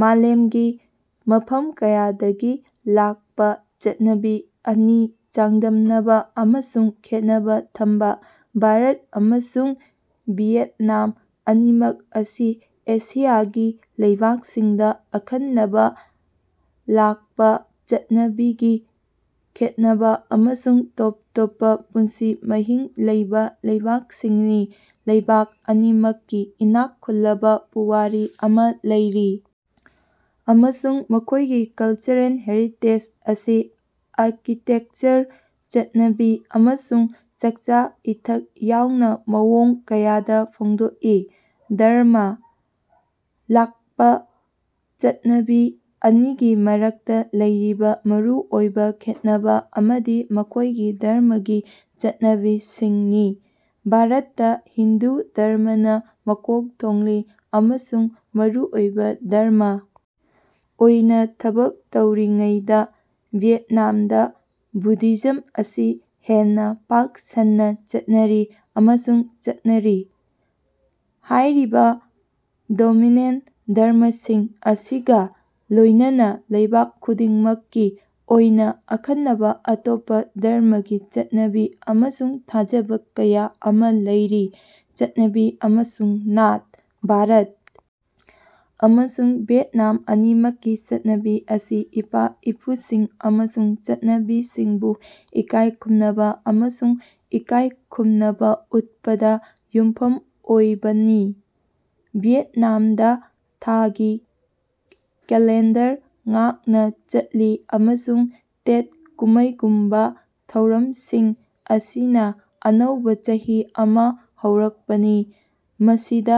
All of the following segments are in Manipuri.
ꯃꯥꯂꯦꯃꯒꯤ ꯃꯐꯝ ꯀꯌꯥꯗꯒꯤ ꯂꯥꯀꯄꯥꯪꯆꯠꯅꯕꯤ ꯑꯅꯤ ꯆꯥꯡꯗꯝꯅꯕꯥ ꯑꯃꯁꯨꯡ ꯈꯦꯠꯅꯕꯥ ꯊꯝꯕꯥ: ꯚꯥꯔꯠ ꯑꯃꯁꯨꯡ ꯚꯤꯌꯦꯠꯅꯥꯝ ꯑꯅꯤꯃꯛ ꯑꯁꯤ ꯑꯦꯁꯤꯌꯥꯒꯤ ꯂꯩꯕꯥꯛꯁꯤꯡꯗꯥ ꯑꯈꯟꯅꯕꯥ ꯂꯥꯀꯄꯥꯪꯆꯠꯅꯕꯤꯒꯤ ꯈꯦꯠꯅꯕꯥ ꯑꯃꯁꯨꯡ ꯇꯣꯞ ꯇꯣꯞꯄꯥ ꯄꯨꯟꯁꯤ ꯃꯍꯤꯡ ꯂꯩꯕꯥ ꯂꯩꯕꯥꯛꯁꯤꯡꯅꯤ꯫ ꯂꯩꯕꯥꯛ ꯑꯅꯤꯃꯛꯀꯤ ꯏꯅꯥꯛ ꯈꯨꯜꯂꯕꯥ ꯄꯨꯋꯥꯔꯤ ꯑꯃꯥ ꯂꯩꯔꯤ ꯑꯃꯁꯨꯡ ꯃꯈꯣꯏꯒꯤ ꯀꯜꯆꯔꯦꯜ ꯍꯦꯔꯤꯇꯦꯖ ꯑꯁꯤ ꯑꯥꯔꯀꯤꯇꯦꯀꯆꯔ, ꯆꯠꯅꯕꯤ, ꯑꯃꯁꯨꯡ ꯆꯥꯀꯆꯥ-ꯏꯊꯛ ꯌꯥꯎꯅꯥ ꯃꯑꯣꯡ ꯀꯌꯥꯗꯥ ꯐꯣꯡꯗꯣꯛꯏ꯫ ꯙꯔꯝꯃ: ꯂꯥꯀꯄꯥꯪꯆꯠꯅꯕꯤ ꯑꯅꯤꯒꯤ ꯃꯔꯛꯇꯥ ꯂꯩꯔꯤꯕꯥ ꯃꯔꯨ ꯑꯣꯏꯕꯥ ꯈꯦꯠꯅꯕꯥ ꯑꯃꯗꯤ ꯃꯈꯣꯌꯒꯤ ꯙꯔꯝꯃꯒꯤ ꯆꯠꯅꯕꯤꯁꯤꯡꯅꯤ꯫ ꯚꯥꯔꯠꯇꯥ ꯍꯤꯟꯗꯨ ꯙꯔꯝꯃꯅꯥ ꯃꯀꯣꯛ ꯊꯣꯡꯂꯤ ꯑꯃꯁꯨꯡ ꯃꯔꯨꯑꯣꯏꯕꯥ ꯙꯔꯝꯃ ꯑꯣꯏꯅꯥ ꯊꯕꯛ ꯇꯧꯔꯤꯉꯩꯗꯥ, ꯚꯤꯌꯦꯠꯅꯥꯝꯗꯥ ꯕꯨꯙꯤꯖꯝ ꯑꯁꯤ ꯍꯦꯟꯅꯥ ꯄꯥꯛ ꯁꯟꯅꯥ ꯆꯠꯅꯔꯤ ꯑꯃꯁꯨꯡ ꯆꯠꯅꯔꯤ꯫ ꯍꯥꯌꯔꯤꯕꯥ ꯗꯣꯃꯤꯅꯦꯟꯇ ꯙꯔꯝꯃꯁꯤꯡ ꯑꯁꯤꯒꯥ ꯂꯣꯌꯅꯅꯥ ꯂꯩꯕꯥꯛ ꯈꯨꯗꯤꯡꯃꯛꯀꯤ ꯑꯣꯏꯅꯥ ꯑꯈꯟꯅꯕꯥ ꯑꯇꯣꯞꯄꯥ ꯙꯔꯝꯃꯒꯤ ꯆꯠꯅꯕꯤ ꯑꯃꯁꯨꯡ ꯊꯥꯖꯕꯥ ꯀꯌꯥ ꯑꯃꯥ ꯂꯩꯔꯤ꯫ ꯆꯠꯅꯕꯤ ꯑꯃꯁꯨꯡ ꯅꯥꯠ: ꯚꯥꯔꯠ ꯑꯃꯁꯨꯡ ꯚꯤꯌꯦꯠꯅꯥꯝ ꯑꯅꯤꯃꯛꯀꯤ ꯆꯠꯅꯕꯤ ꯑꯁꯤ ꯏꯄꯥ-ꯏꯄꯨꯁꯤꯡ ꯑꯃꯁꯨꯡ ꯆꯠꯅꯕꯤꯁꯤꯡꯕꯨ ꯏꯀꯥꯌ ꯈꯨꯝꯅꯕꯥ ꯑꯃꯁꯨꯡ ꯏꯀꯥꯌꯈꯨꯝꯅꯕꯥ ꯎꯠꯄꯗꯥ ꯌꯨꯝꯐꯝ ꯑꯣꯏꯕꯅꯤ꯫ ꯚꯤꯌꯦꯠꯅꯥꯃꯗꯥ ꯊꯥꯒꯤ ꯀꯦꯂꯦꯟꯗꯔ ꯉꯥꯛꯅꯥ ꯆꯠꯂꯤ ꯑꯃꯁꯨꯡ ꯇꯦꯠ ꯀꯨꯝꯃꯩꯒꯨꯝꯕꯥ ꯊꯧꯔꯃꯁꯤꯡ ꯑꯁꯤꯅꯥ ꯑꯅꯧꯕꯥ ꯆꯍꯤ ꯑꯃꯥ ꯍꯧꯔꯛꯄꯅꯤ, ꯃꯁꯤꯗꯥ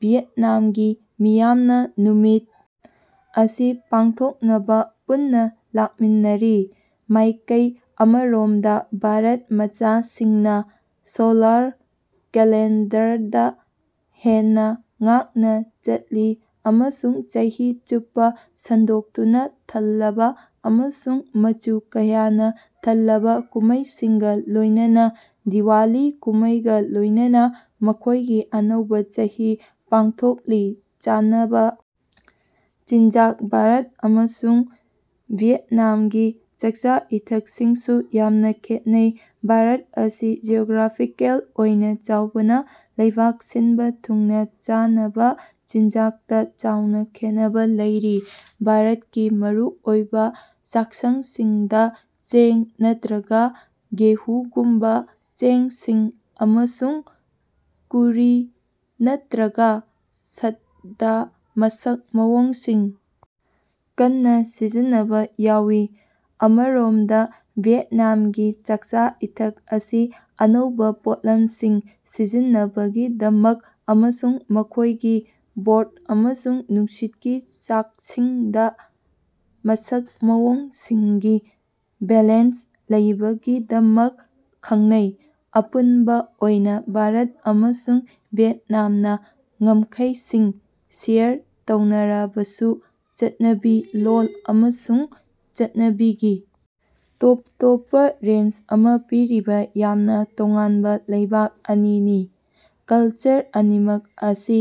ꯚꯤꯌꯦꯠꯅꯥꯃꯒꯤ ꯃꯤꯌꯥꯝꯅꯥ ꯅꯨꯃꯤꯠ ꯑꯁꯤ ꯄꯥꯡꯊꯣꯛꯅꯕꯥ ꯄꯨꯟꯅꯥ ꯂꯥꯀꯃꯤꯟꯅꯔꯤ꯫ ꯃꯥꯌꯀꯩ ꯑꯃꯔꯣꯃꯗꯥ ꯚꯥꯔꯠ ꯃꯆꯥ ꯁꯤꯡꯅꯥ ꯁꯣꯂꯥꯔ ꯀꯦꯂꯦꯟꯗꯔꯗꯥ ꯍꯦꯟꯅꯥ ꯉꯥꯛꯅꯥ ꯆꯠꯂꯤ ꯑꯃꯁꯨꯡ ꯆꯍꯤ ꯆꯨꯞꯄꯥ ꯁꯟꯗꯣꯛꯇꯨꯅꯥ ꯊꯜꯂꯕꯥ ꯑꯃꯁꯨꯡ ꯃꯆꯨ ꯀꯌꯥꯅꯥ ꯊꯜꯂꯕꯥ ꯀꯨꯝꯃꯩꯁꯤꯡꯒꯥ ꯂꯣꯌꯅꯅꯥ ꯗꯤꯋꯥꯂꯤ ꯀꯨꯝꯃꯩꯒꯥ ꯂꯣꯌꯅꯅꯥ ꯃꯈꯣꯌꯒꯤ ꯑꯅꯧꯕꯥ ꯆꯍꯤ ꯄꯥꯡꯊꯣꯛꯂꯤ꯫ ꯆꯥꯅꯕꯥ ꯆꯤꯟꯖꯥꯛ: ꯚꯥꯔꯠ ꯑꯃꯁꯨꯡ ꯚꯤꯌꯦꯠꯅꯥꯃꯒꯤ ꯆꯥꯀꯆꯥ-ꯏꯊꯀꯁꯤꯡꯁꯨ ꯌꯥꯝꯅꯥ ꯈꯦꯠꯅꯩ꯫ ꯚꯥꯔꯠ ꯑꯁꯤ ꯖꯤꯑꯣꯒ꯭ꯔꯥꯐꯤꯀꯦꯜ ꯑꯣꯏꯅꯥ ꯆꯥꯎꯕꯅꯥ ꯂꯩꯕꯥꯛ ꯁꯤꯅꯕꯥ ꯊꯨꯡꯅꯥ ꯆꯥꯅꯕꯥ ꯆꯤꯟꯖꯥꯛꯇꯥ ꯆꯥꯎꯅꯥ ꯈꯦꯠꯅꯕꯥ ꯂꯩꯔꯤ꯫ ꯚꯥꯔꯇꯀꯤ ꯃꯔꯨꯑꯣꯏꯕꯥ ꯆꯥꯀꯁꯉꯗꯥ ꯆꯦꯡ ꯅꯠꯇ꯭ꯔꯒꯥ ꯒꯦꯍꯨꯒꯨꯝꯕꯥ ꯆꯦꯡꯁꯤꯡ, ꯑꯃꯁꯨꯡ ꯀꯨꯔꯤ ꯅꯠꯇ꯭ꯔꯒꯥ ꯁ꯭ꯇꯨꯗꯥ ꯃꯁꯛ ꯃꯑꯣꯡꯁꯤꯡ ꯀꯟꯅꯥ ꯁꯤꯖꯤꯟꯅꯕꯥ ꯌꯥꯎꯏ꯫ ꯑꯃꯔꯣꯃꯗꯥ ꯚꯤꯌꯦꯠꯅꯥꯃꯒꯤ ꯆꯥꯛꯆꯥ-ꯏꯊꯛ ꯑꯁꯤ ꯑꯅꯧꯕꯥ ꯄꯣꯠꯂꯝꯁꯤꯡ ꯁꯤꯖꯤꯟꯅꯕꯒꯤꯗꯃꯛ ꯑꯃꯁꯨꯡ ꯃꯈꯣꯌꯒꯤ ꯕ꯭ꯔꯣꯊ ꯑꯃꯁꯨꯡ ꯅꯨꯡꯁꯤꯠꯀꯤ ꯆꯥꯛꯁꯤꯡꯗꯥ ꯃꯁꯛ ꯃꯑꯣꯡꯁꯤꯡꯒꯤ ꯕꯦꯂꯦꯟꯁ ꯂꯩꯕꯒꯤꯗꯃꯛ ꯈꯉꯅꯩ꯫ ꯑꯄꯨꯟꯕꯥ ꯑꯣꯏꯅꯥ ꯚꯥꯔꯠ ꯑꯃꯁꯨꯡ ꯚꯤꯌꯦꯠꯅꯥꯝꯅꯥ ꯉꯝꯈꯩꯁꯤꯡ ꯁꯦꯌꯔ ꯇꯧꯅꯔꯕꯁꯨ, ꯆꯠꯅꯕꯤ, ꯂꯣꯜ ꯑꯃꯁꯨꯡ ꯆꯠꯅꯕꯤꯒꯤ ꯇꯣꯞ ꯇꯣꯞꯄꯥ ꯔꯦꯟꯖ ꯑꯃꯥ ꯄꯤꯔꯤꯕꯥ ꯌꯥꯝꯅꯥ ꯇꯣꯉꯥꯟꯕꯥ ꯂꯩꯕꯥꯛ ꯑꯅꯤꯅꯤ꯫ ꯀꯂꯆꯔ ꯑꯅꯤꯃꯛ ꯑꯁꯤ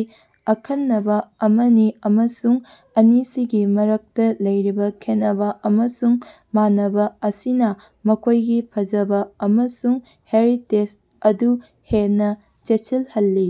ꯑꯈꯟꯅꯕꯥ ꯑꯃꯅꯤ, ꯑꯃꯁꯨꯡ ꯑꯅꯤꯁꯤꯒꯤ ꯃꯔꯛꯇꯥ ꯂꯩꯔꯤꯕꯥ ꯈꯦꯠꯅꯕꯥ ꯑꯃꯁꯨꯡ ꯃꯥꯟꯅꯕꯥ ꯑꯁꯤꯅꯥ ꯃꯈꯣꯌꯒꯤ ꯐꯖꯕꯥ ꯑꯃꯁꯨꯡ ꯍꯦꯔꯤꯇꯦꯖ ꯑꯗꯨ ꯍꯦꯟꯅꯥ ꯆꯦꯠꯁꯤꯂꯍꯜꯂꯤ꯫